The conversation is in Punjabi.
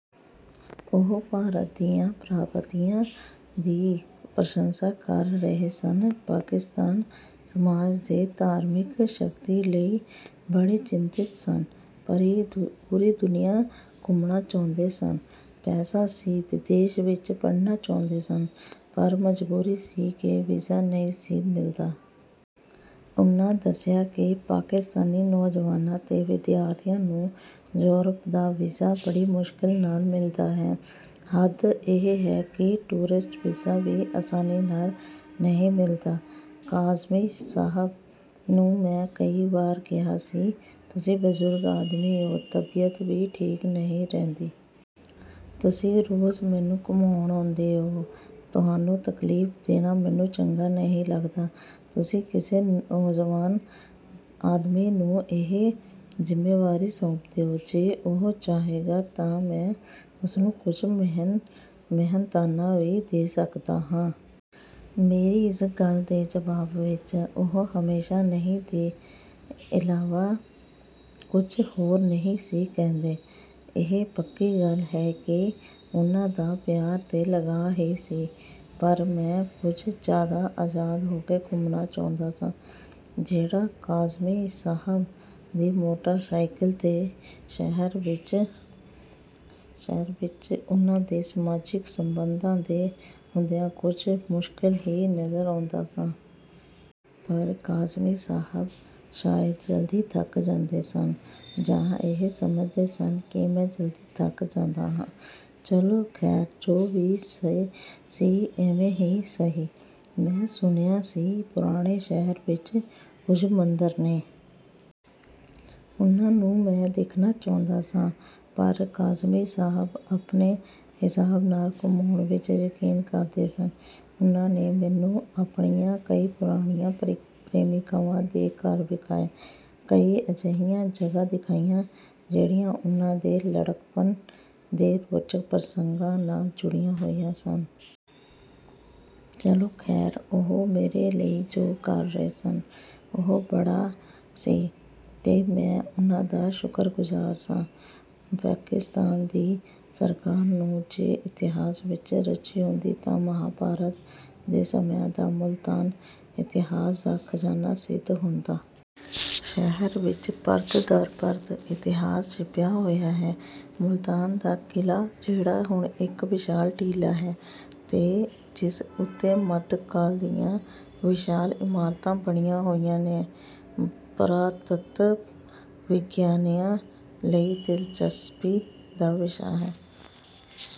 ਉਹ ਭਾਰਤ ਦੀਆਂ ਪ੍ਰਾਪਤੀਆਂ ਦੀ ਪ੍ਰਸ਼ੰਸਾ ਕਰ ਰਹੇ ਸਨ। ਪਾਕਿਸਤਾਨੀ ਸਮਾਜ ਦੇ ' ਧਾਰਮਿਕ ਸਖ਼ਤੀ ' ਲਈ ਬੜੇ ਚਿੰਤਤ ਸਨ। ਪੂਰੀ ਦੁਨੀਆਂ ਘੁੰਮਣਾ ਚਾਹੁੰਦੇ ਸਨ। ਪੈਸਾ ਸੀ। ਵਿਦੇਸ਼ ਵਿੱਚ ਪੜ੍ਹਨਾ ਚਾਹੁੰਦੇ ਸਨ। ਪਰ ਮਜਬੂਰੀ ਸੀ ਕਿ ਵੀਜ਼ਾ ਨਹੀਂ ਸੀ ਮਿਲਦਾ। ਉਹਨਾਂ ਦੱਸਿਆ ਕਿ ਪਾਕਿਸਤਾਨੀ ਨੌਜਵਾਨਾਂ ਤੇ ਵਿਦਿਆਰਥੀਆਂ ਨੂੰ ਯੂਰਪ ਦਾ ਵੀਜ਼ਾ ਬੜੀ ਮੁਸ਼ਕਲ ਨਾਲ ਮਿਲਦਾ ਹੈ। ਹੱਦ ਇਹ ਹੈ ਕਿ ਟੂਰਿਸਟ ਵੀਜ਼ਾ ਵੀ ਆਸਾਨੀ ਨਾਲ ਨਹੀਂ ਮਿਲਦਾ। ਕਾਜ਼ਮੀ ਸਾਹਬ ਨੂੰ ਮੈਂ ਕਈ ਵਾਰੀ ਕਿਹਾ ਸੀ, "ਤੁਸੀਂ ਬਜ਼ੁਰਗ ਆਦਮੀ ਓ, ਤਬੀਅਤ ਵੀ ਠੀਕ ਨਹੀਂ ਰਹਿੰਦੀ। ਤੁਸੀਂ ਰੋਜ਼ ਮੈਨੂੰ ਘੁਮਾਉਣ ਆਉਂਦੇ ਓ। ਤੁਹਾਨੂੰ ਤਕਲੀਫ਼ ਦੇਣਾ ਮੈਨੂੰ ਚੰਗਾ ਨਹੀਂ ਲੱਗਦਾ। ਤੁਸੀਂ ਕਿਸੇ ਨੌਜਵਾਨ ਆਦਮੀ ਨੂੰ ਇਹ ਜ਼ਿੰਮੇਵਾਰੀ ਸੌਂਪ ਦਿਓ। ਜੇ ਉਹ ਚਾਹੇਗਾ ਤਾਂ ਮੈਂ ਉਸਨੂੰ ਕੁਝ ਮਿਹਨਤਾਨਾ ਵੀ ਦੇ ਸਕਦਾ ਹਾਂ।" ਮੇਰੀ ਇਸ ਗੱਲ ਦੇ ਜਵਾਬ ਵਿੱਚ ਉਹ ਹਮੇਸ਼ਾ 'ਨਹੀਂ' ਦੇ ਇਲਾਵਾ ਕੁਝ ਹੋਰ ਨਹੀਂ ਸੀ ਕਹਿੰਦੇ। ਇਹ ਪੱਕੀ ਗੱਲ ਹੈ ਕਿ ਉਹਨਾਂ ਦਾ ਪਿਆਰ ਤੇ ਲਗਾਅ ਹੀ ਸੀ। ਪਰ ਮੈਂ ਕੁਝ ਜ਼ਿਆਦਾ ਆਜ਼ਾਦ ਹੋ ਕੇ ਘੁੰਮਣਾ ਚਾਹੁੰਦਾ ਸਾਂ, ਜਿਹੜਾ ਕਾਜ਼ਮੀ ਸਾਹਬ ਦੀ ਮੋਟਰ-ਸਾਈਕਲ 'ਤੇ ਸ਼ਹਿਰ ਵਿੱਚ ਉਹਨਾਂ ਦੇ ਸਮਾਜਿਕ ਸੰਬੰਧਾਂ ਦੇ ਹੁੰਦਿਆਂ ਕੁਝ ਮੁਸ਼ਕਲ ਹੀ ਨਜ਼ਰ ਆਉਂਦਾ ਸਾ। ਪਰ ਕਾਜ਼ਮੀ ਸਾਹਬ ਸ਼ਾਇਦ ਜਲਦੀ ਥੱਕ ਜਾਂਦੇ ਸਨ ਜਾਂ ਇਹ ਸਮਝਦੇ ਸਨ ਕਿ ਮੈਂ ਜਲਦੀ ਥੱਕ ਜਾਂਦਾ ਹਾਂ। ਚਲੋ ਖ਼ੈਰ, ਜੋ ਵੀ ਸੀ, ਇਵੇਂ ਹੀ ਸਹੀ। ਮੈਂ ਸੁਣਿਆ ਸੀ, ਪੁਰਾਣੇ ਸ਼ਹਿਰ ਵਿੱਚ ਕੁਝ ਮੰਦਰ ਨੇ। ਉਹਨਾਂ ਨੂੰ ਮੈਂ ਦੇਖਣਾ ਚਾਹੁੰਦਾ ਸਾਂ। ਪਰ ਕਾਜ਼ਮੀ ਸਾਹਬ ਆਪਣੇ ਹਿਸਾਬ ਨਾਲ ਘੁਮਾਉਣ ਵਿੱਚ ਯਕੀਨ ਕਰਦੇ ਸਨ। ਉਹਨਾਂ ਨੇ ਮੈਨੂੰ ਆਪਣੀਆਂ ਕਈ ਪੁਰਾਣੀਆਂ ਪ੍ਰੇਮਿਕਾਵਾਂ ਦੇ ਘਰ ਵਿਖਾਏ। ਕਈ ਅਜਿਹੀਆਂ ਜਗ੍ਹਾ ਦਿਖਾਈਆਂ, ਜਿਹੜੀਆਂ ਉਹਨਾਂ ਦੇ ਲੜਕਪਨ ਦੇ ਰੋਚਕ ਪ੍ਰਸੰਗਾਂ ਨਾਲ ਜੁੜੀਆਂ ਹੋਈਆਂ ਸਨ। ਚਲੋ ਖ਼ੈਰ, ਉਹ ਮੇਰੇ ਲਈ ਜੋ ਕਰ ਰਹੇ ਸਨ, ਉਹ ਬੜਾ ਸੀ ਤੇ ਮੈਂ ਉਹਨਾਂ ਦਾ ਸ਼ੁਕਰਗੁਜ਼ਾਰ ਸਾਂ। ਪਾਕਿਸਤਾਨ ਦੀ ਸਰਕਾਰ ਨੂੰ ਜੇ ਇਤਿਹਾਸ ਵਿੱਚ ਰੁਚੀ ਹੁੰਦੀ ਤਾਂ ਮਹਾਭਾਰਤ ਦੇ ਸਮਿਆਂ ਦਾ ਮੁਲਤਾਨ ਇਤਿਹਾਸ ਦਾ ਖ਼ਜ਼ਾਨਾ ਸਿੱਧ ਹੁੰਦਾ। ਸ਼ਹਿਰ ਵਿੱਚ ਪਰਤ ਦਰ ਪਰਤ ਇਤਿਹਾਸ ਛਿਪਿਆ ਹੋਇਆ ਹੈ। ਮੁਲਤਾਨ ਦਾ ਕਿਲ੍ਹਾ, ਜਿਹੜਾ ਹੁਣ ਇਕ ਵਿਸ਼ਾਲ ਟੀਲਾ ਹੈ ਤੇ ਜਿਸ ਉੱਤੇ ਮੱਧਕਾਲ ਦੀਆਂ ਵਿਸ਼ਾਲ ਇਮਾਰਤਾਂ ਬਣੀਆਂ ਹੋਈਆਂ ਨੇ, ਪੁਰਾਤੱਤਵ-ਵਿਗਿਆਨੀਆਂ ਲਈ ਦਿਲਚਸਪੀ ਦਾ ਵਿਸ਼ਾ ਹੈ।